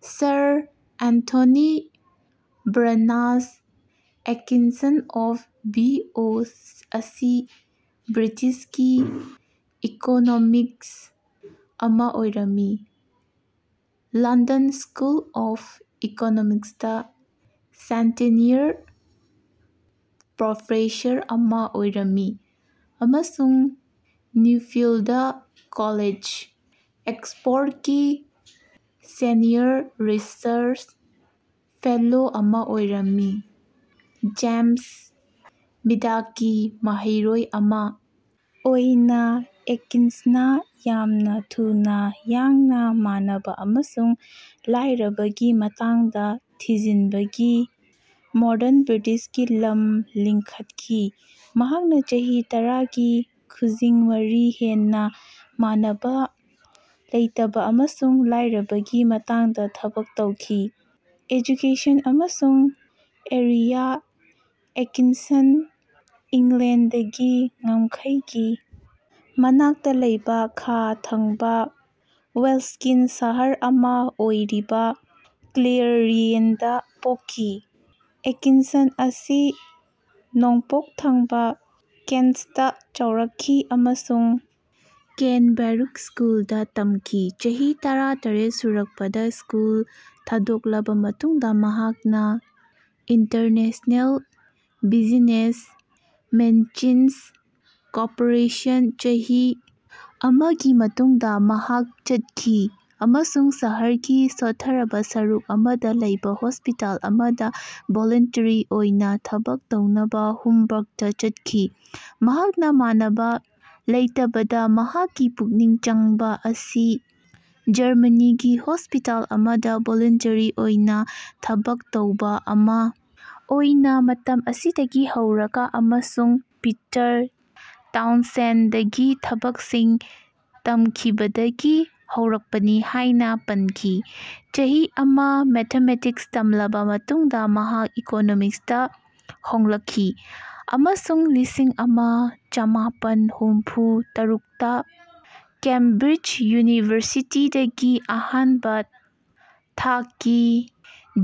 Sir Anthony Barnes Atkinson F. B. A. ꯑꯁꯤ ꯕ꯭ꯔꯤꯇꯤꯁꯀꯤ economist ꯑꯃꯥ ꯑꯣꯏꯔꯝꯃꯤ꯫ ꯂꯟꯗꯟ ꯁ꯭ꯀꯨꯜ ꯑꯣꯐ ꯏꯀꯣꯅꯣꯃꯤꯛꯁꯇꯥ ꯁꯦꯟꯇꯅꯤꯌꯔ ꯄ꯭ꯔꯣꯐꯦꯁꯔ ꯑꯃꯥ ꯑꯣꯏꯔꯝꯃꯤ, ꯑꯃꯁꯨꯡ ꯅꯨꯐꯤꯜꯗ ꯀꯣꯂꯦꯖ, ꯑꯣꯛꯁꯐꯣꯔꯗꯀꯤ ꯁꯦꯅꯤꯌꯔ ꯔꯤꯁꯔꯆ ꯐꯦꯂꯣ ꯑꯃꯥ ꯑꯣꯏꯔꯝꯃꯤ꯫ ꯖꯦꯝꯁ ꯃꯤꯗꯀꯤ ꯃꯍꯩꯔꯣꯏ ꯑꯃꯥ ꯑꯣꯏꯅꯥ ꯑꯦꯠꯀꯤꯟꯁꯟꯅꯥ ꯌꯥꯝꯅꯥ ꯊꯨꯅ ꯌꯥꯡꯅꯥ ꯃꯥꯟꯅꯕ ꯑꯃꯁꯨꯡ ꯂꯥꯏꯔꯕꯒꯤ ꯃꯇꯥꯡꯗ ꯊꯤꯖꯤꯟꯕꯒꯤ ꯃꯣꯗꯔꯟ ꯕ꯭ꯔꯤꯇꯤꯁꯀꯤ ꯂꯝ ꯂꯤꯡꯈꯠꯈꯤ꯫ ꯃꯍꯥꯛꯅꯥ ꯆꯍꯤ ꯇꯔꯥꯒꯤ ꯈꯨꯖꯤꯡ ꯃꯔꯤ ꯍꯦꯟꯅꯥ ꯃꯥꯟꯅꯕꯥ ꯂꯩꯇꯕꯥ ꯑꯃꯁꯨꯡ ꯂꯥꯏꯔꯕꯒꯤ ꯃꯇꯥꯡꯗꯥ ꯊꯕꯛ ꯇꯧꯈꯤ꯫ ꯑꯦꯖꯨꯀꯦꯁꯟ ꯑꯃꯁꯨꯡ ꯀꯦꯔꯤꯌꯔ ꯑꯦꯠꯀꯤꯟꯁꯟ ꯏꯪꯂꯦꯟꯗꯒꯤ ꯉꯝꯈꯩꯒꯤ ꯃꯅꯥꯛꯇ ꯂꯩꯕꯥ ꯈꯥ ꯊꯪꯕꯥ ꯋꯦꯜꯁꯀꯤ ꯁꯍꯔ ꯑꯃꯥ ꯑꯣꯏꯔꯤꯕ ꯀꯦꯌꯔꯂꯤꯌꯟꯗꯥ ꯄꯣꯛꯈꯤ꯫ ꯑꯦꯠꯀꯤꯟꯁꯟ ꯑꯁꯤ ꯅꯣꯡꯄꯣꯛ ꯊꯪꯕꯥ ꯀꯦꯟꯠꯇꯥ ꯆꯥꯎꯔꯛꯈꯤ ꯑꯃꯁꯨꯡ ꯀ꯭ꯔꯦꯟꯕ꯭ꯔꯨꯛ ꯁ꯭ꯀꯨꯜꯗꯥ ꯇꯝꯈꯤ꯫ ꯆꯍꯤ ꯇꯔꯥ ꯇꯔꯦꯠ ꯁꯨꯔꯛꯄꯗꯥ ꯁ꯭ꯀꯨꯜ ꯊꯥꯗꯣꯛꯂꯕ ꯃꯇꯨꯡꯗ ꯃꯍꯥꯛꯅꯥ ꯏꯟꯇꯔꯅꯦꯁꯟꯅꯦꯜ ꯕꯤꯖꯤꯅꯦꯁ ꯃꯦꯆꯤꯟꯁ ꯀꯣꯔꯄꯣꯔꯦꯁꯟ ꯆꯍꯤ ꯑꯃꯒꯤ ꯃꯇꯨꯡꯗ ꯃꯍꯥꯛ ꯆꯠꯈꯤ ꯑꯃꯁꯨꯡ ꯁꯍꯔꯒꯤ ꯁꯣꯠꯊꯔꯕ ꯁꯔꯨꯛ ꯑꯃꯗꯥ ꯂꯩꯕꯥ ꯍꯣꯁꯄꯤꯇꯥꯜ ꯑꯃꯗꯥ ꯚꯣꯂꯨꯟꯇꯔꯤ ꯑꯣꯏꯅꯥ ꯊꯕꯛ ꯇꯧꯅꯕꯥ ꯍꯝꯕꯨꯛꯇꯥ ꯆꯠꯈꯤ꯫ ꯃꯍꯥꯛꯅꯥ ꯃꯥꯟꯅꯕꯥ ꯂꯩꯇꯕꯗꯥ ꯃꯍꯥꯛꯀꯤ ꯄꯨꯛꯅꯤꯡ ꯆꯪꯕ ꯑꯁꯤ ꯖꯔꯃꯅꯤꯒꯤ ꯍꯣꯁꯄꯤꯇꯥꯜ ꯑꯃꯗꯥ ꯚꯣꯂꯨꯟꯇꯔꯤ ꯑꯣꯏꯅꯥ ꯊꯕꯛ ꯇꯧꯕ ꯑꯃꯥ ꯑꯣꯏꯅꯥ ꯃꯇꯝ ꯑꯁꯤꯗꯒꯤ ꯍꯧꯔꯒꯥ ꯑꯃꯁꯨꯡ ꯄꯤꯇꯔ ꯇꯥꯎꯟꯁꯦꯟꯗꯒꯤ ꯊꯕꯛꯁꯤꯡ ꯇꯝꯈꯤꯕꯗꯒꯤ ꯍꯧꯔꯛꯄꯅꯤ ꯍꯥꯏꯅꯥ ꯄꯟꯈꯤ꯫ ꯆꯍꯤ ꯑꯃꯥ ꯃꯦꯊꯃꯦꯇꯤꯛꯁ ꯇꯝꯂꯕ ꯃꯇꯨꯡꯗ ꯃꯍꯥꯛ ꯏꯀꯣꯅꯣꯃꯤꯛꯁꯇꯥ ꯍꯣꯡꯂꯛꯈꯤ ꯑꯃꯁꯨꯡ ꯂꯤꯁꯤꯡ ꯑꯃ ꯆꯃꯥꯄꯟ ꯍꯨꯝꯐꯨ ꯇꯔꯨꯛꯇ ꯀꯦꯝꯕ꯭ꯔꯤꯖ ꯌꯨꯅꯤꯚꯔꯁꯤꯇꯤꯗꯒꯤ ꯑꯍꯥꯟꯕꯥ ꯊꯥꯛꯀꯤ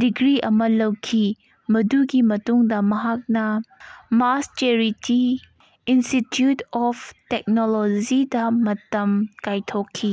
ꯗꯤꯒ꯭ꯔꯤ ꯑꯃꯥ ꯂꯧꯈꯤ꯫ ꯃꯗꯨꯒꯤ ꯃꯇꯨꯡꯗ ꯃꯍꯥꯛꯅꯥ ꯃꯥꯁꯆꯦꯔꯤꯇꯤ ꯏꯟꯁꯇꯤꯇ꯭ꯌꯨꯠ ꯑꯣꯐ ꯇꯦꯛꯅꯣꯂꯣꯖꯤꯗꯥ ꯃꯇꯝ ꯀꯥꯏꯊꯣꯛꯈꯤ꯫